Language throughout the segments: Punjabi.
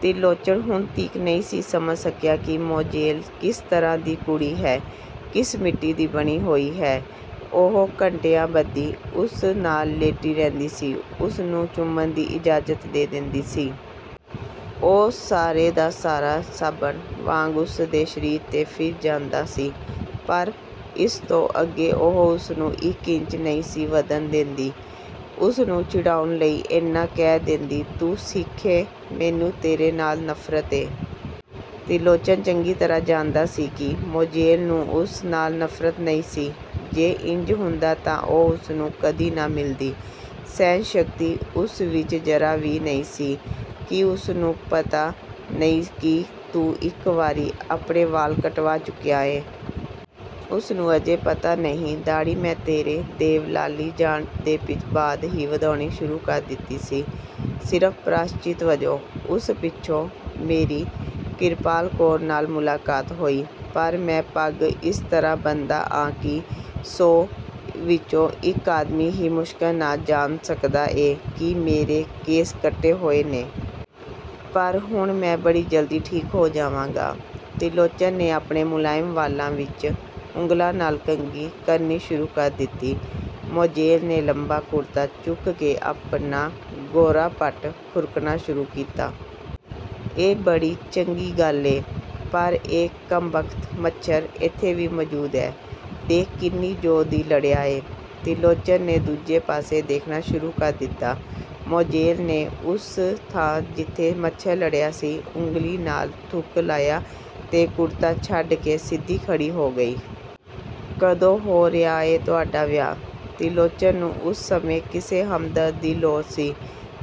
ਤਿਰਲੋਚਨ ਹੁਣ ਤੀਕ ਨਹੀਂ ਸੀ ਸਮਝ ਸਕਿਆ ਕਿ ਮੋਜ਼ੇਲ ਕਿਸ ਤਰ੍ਹਾਂ ਦੀ ਕੁੜੀ ਹੈ। ਕਿਸ ਮਿੱਟੀ ਦੀ ਬਣੀ ਹੋਈ ਹੈ। ਉਹ ਘੰਟਿਆਂ ਬੱਧੀ ਉਸ ਨਾਲ ਲੇਟੀ ਰਹਿੰਦੀ ਸੀ, ਉਸਨੂੰ ਚੁੰਮਣ ਦੀ ਇਜਾਜ਼ਤ ਦੇ ਦਿੰਦੀ ਸੀ। ਉਹ ਸਾਰੇ ਦਾ ਸਾਰਾ ਸਾਬਨ ਵਾਂਗ ਉਸਦੇ ਸਰੀਰ 'ਤੇ ਫਿਰ ਜਾਂਦਾ ਸੀ, ਪਰ ਇਸ ਤੋਂ ਅੱਗੇ ਉਹ ਉਸਨੂੰ ਇਕ ਇੰਚ ਨਹੀਂ ਸੀ ਵਧਣ ਦਿੰਦੀ। ਉਸਨੂੰ ਚਿੜਾਉਣ ਲਈ ਏਨਾ ਕਹਿ ਦਿੰਦੀ, "ਤੂੰ ਸਿੱਖ ਏਂ, ਮੈਨੂੰ ਤੇਰੇ ਨਾਲ ਨਫ਼ਰਤ ਏ। " ਤਿਰਲੋਚਨ ਚੰਗੀ ਤਰ੍ਹਾਂ ਜਾਣਦਾ ਸੀ ਕਿ ਮੋਜ਼ੇਲ ਨੂੰ ਉਸ ਨਾਲ ਨਫ਼ਰਤ ਨਹੀਂ ਸੀ। ਜੇ ਇੰਜ ਹੁੰਦਾ ਤਾਂ ਉਹ ਉਸਨੂੰ ਕਦੀ ਨਾ ਮਿਲਦੀ। ਸਹਿਣ-ਸ਼ਕਤੀ ਉਸ ਵਿਚ ਜ਼ਰਾ ਵੀ ਨਹੀਂ ਸੀ। ਕੀ ਉਸਨੂੰ ਪਤਾ ਨਹੀਂ ਕਿ ਤੂੰ ਇਕ ਵਾਰੀ ਆਪਣੇ ਵਾਲ ਕਟਵਾ ਚੁੱਕਿਆ ਏਂ? " "ਉਸਨੂੰ ਅਜੇ ਪਤਾ ਨਹੀਂ। ਦਾੜ੍ਹੀ ਮੈਂ ਤੇਰੇ ਦੇਵਲਾਲੀ ਜਾਣ ਦੇ ਬਾਅਦ ਹੀ ਵਧਾਉਣੀ ਸ਼ੁਰੂ ਕਰ ਦਿੱਤੀ ਸੀ, ਸਿਰਫ਼ ਪ੍ਰਾਸ਼ਚਿਤ ਵਜੋਂ। ਉਸ ਪਿੱਛੋਂ ਮੇਰੀ ਕਿਰਪਾਲ ਕੌਰ ਨਾਲ ਮੁਲਾਕਾਤ ਹੋਈ। ਪਰ ਮੈਂ ਪੱਗ ਇਸ ਤਰ੍ਹਾਂ ਬੰਨ੍ਹਦਾ ਆਂ ਕਿ ਸੌ ਵਿਚੋਂ ਇਕ ਆਦਮੀ ਹੀ ਮੁਸ਼ਕਲ ਨਾਲ ਜਾਣ ਸਕਦਾ ਏ ਕਿ ਮੇਰੇ ਕੇਸ ਕੱਟੇ ਹੋਏ ਨੇ। ਪਰ ਹੁਣ ਮੈਂ ਬੜੀ ਜਲਦੀ ਠੀਕ ਹੋ ਜਾਵਾਂਗਾ। " ਤਿਰਲੋਚਨ ਨੇ ਆਪਣੇ ਮੁਲਾਇਮ ਵਾਲਾਂ ਵਿਚ ਉਂਗਲਾਂ ਨਾਲ ਕੰਘੀ ਕਰਨੀ ਸ਼ੁਰੂ ਕਰ ਦਿੱਤੀ। ਮੋਜ਼ੇਲ ਨੇ ਲੰਮਾ ਕੁੜਤਾ ਚੁੱਕ ਕੇ ਆਪਣਾ ਗੋਰਾ ਪੱਟ ਖੁਰਕਣਾ ਸ਼ੁਰੂ ਕੀਤਾ। "ਇਹ ਬੜੀ ਚੰਗੀ ਗੱਲ ਏ, ਪਰ ਇਹ ਕੰਬਖਤ ਮੱਛਰ ਇੱਥੇ ਵੀ ਮੌਜ਼ੂਦ ਐ। ਦੇਖ, ਕਿੰਨੀ ਜ਼ੋਰ ਦੀ ਲੜਿਆ ਏ! " ਤਿਰਲੋਚਨ ਨੇ ਦੂਜੇ ਪਾਸੇ ਦੇਖਣਾ ਸ਼ੁਰੂ ਕਰ ਦਿੱਤਾ। ਮੋਜ਼ੇਲ ਨੇ ਉਸ ਥਾਂ ਜਿੱਥੇ ਮੱਛਰ ਲੜਿਆ ਸੀ, ਉਂਗਲੀ ਨਾਲ ਥੁੱਕ ਲਾਇਆ ਤੇ ਕੁੜਤਾ ਛੱਡ ਕੇ ਸਿੱਧੀ ਖੜ੍ਹੀ ਹੋ ਗਈ। "ਕਦੋਂ ਹੋ ਰਿਹਾ ਏ ਤੁਹਾਡਾ ਵਿਆਹ? " ਤਿਰਲੋਚਨ ਨੂੰ ਉਸ ਸਮੇਂ ਕਿਸੇ ਹਮਦਰਦ ਦੀ ਲੋੜ ਸੀ,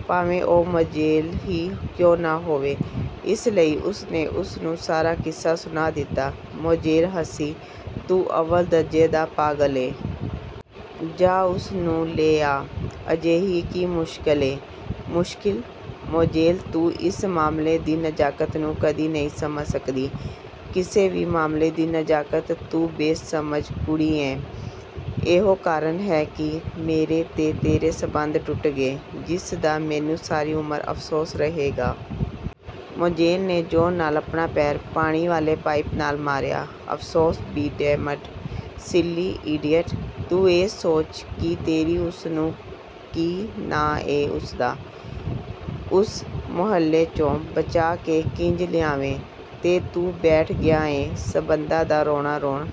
ਭਾਵੇਂ ਉਹ ਮੋਜ਼ੇਲ ਹੀ ਕਿਉਂ ਨਾ ਹੋਵੇ। ਇਸ ਲਈ ਉਸਨੇ ਉਸਨੂੰ ਸਾਰਾ ਕਿੱਸਾ ਸੁਣਾ ਦਿੱਤਾ। ਮੋਜ਼ੇਲ ਹੱਸੀ, "ਤੂੰ ਅੱਵਲ ਦਰਜ਼ੇ ਦਾ ਪਾਗਲ ਏਂ। ਜਾਹ, ਉਸਨੂੰ ਲੇ ਆ, ਅਜਿਹੀ ਕੀ ਮੁਸ਼ਕਿਲ ਏ? " "ਮੁਸ਼ਕਿਲ! ਮੋਜ਼ੇਲ ਤੂੰ ਇਸ ਮਾਮਲੇ ਦੀ ਨਜ਼ਾਕਤ ਨੂੰ ਕਦੀ ਨਹੀਂ ਸਮਝ ਸਕਦੀ। ਕਿਸੇ ਵੀ ਮਾਮਲੇ ਦੀ ਨਜ਼ਾਕਤ, ਤੂੰ ਬੇਸ਼ਮਝ ਕੁੜੀ ਏਂ। ਇਹੋ ਕਾਰਨ ਹੈ ਕਿ ਮੇਰੇ ਤੇ ਤੇਰੇ ਸਬੰਧ ਟੁੱਟ ਗਏ, ਜਿਸਦਾ ਮੈਨੂੰ ਸਾਰੀ ਉਮਰ ਅਫ਼ਸੋਸ ਰਹੇਗਾ। " ਮੋਜ਼ੇਲ ਨੇ ਜ਼ੋਰ ਨਾਲ ਆਪਣਾ ਪੈਰ ਪਾਣੀ ਵਾਲੇ ਪਾਈਪ ਨਾਲ ਮਾਰਿਆ, "ਅਫ਼ਸੋਸ ਬੀ ਡੈਮਡ—ਸਿਲੀ, ਈਡੀਅਟ! ਤੂੰ ਇਹ ਸੋਚ ਕਿ ਤੇਰੀ ਉਸਨੂੰ, ਕੀ ਨਾਂ ਏਂ ਉਸਦਾ, ਉਸ ਮੁਹੱਲੇ 'ਚੋਂ ਬਚਾ ਕੇ ਕਿੰਜ ਲਿਆਵੇਂ, ਤੇ ਤੂੰ ਬੈਠ ਗਿਆ ਏਂ ਸਬੰਧਾਂ ਦਾ ਰੋਣਾ-ਰੋਣ।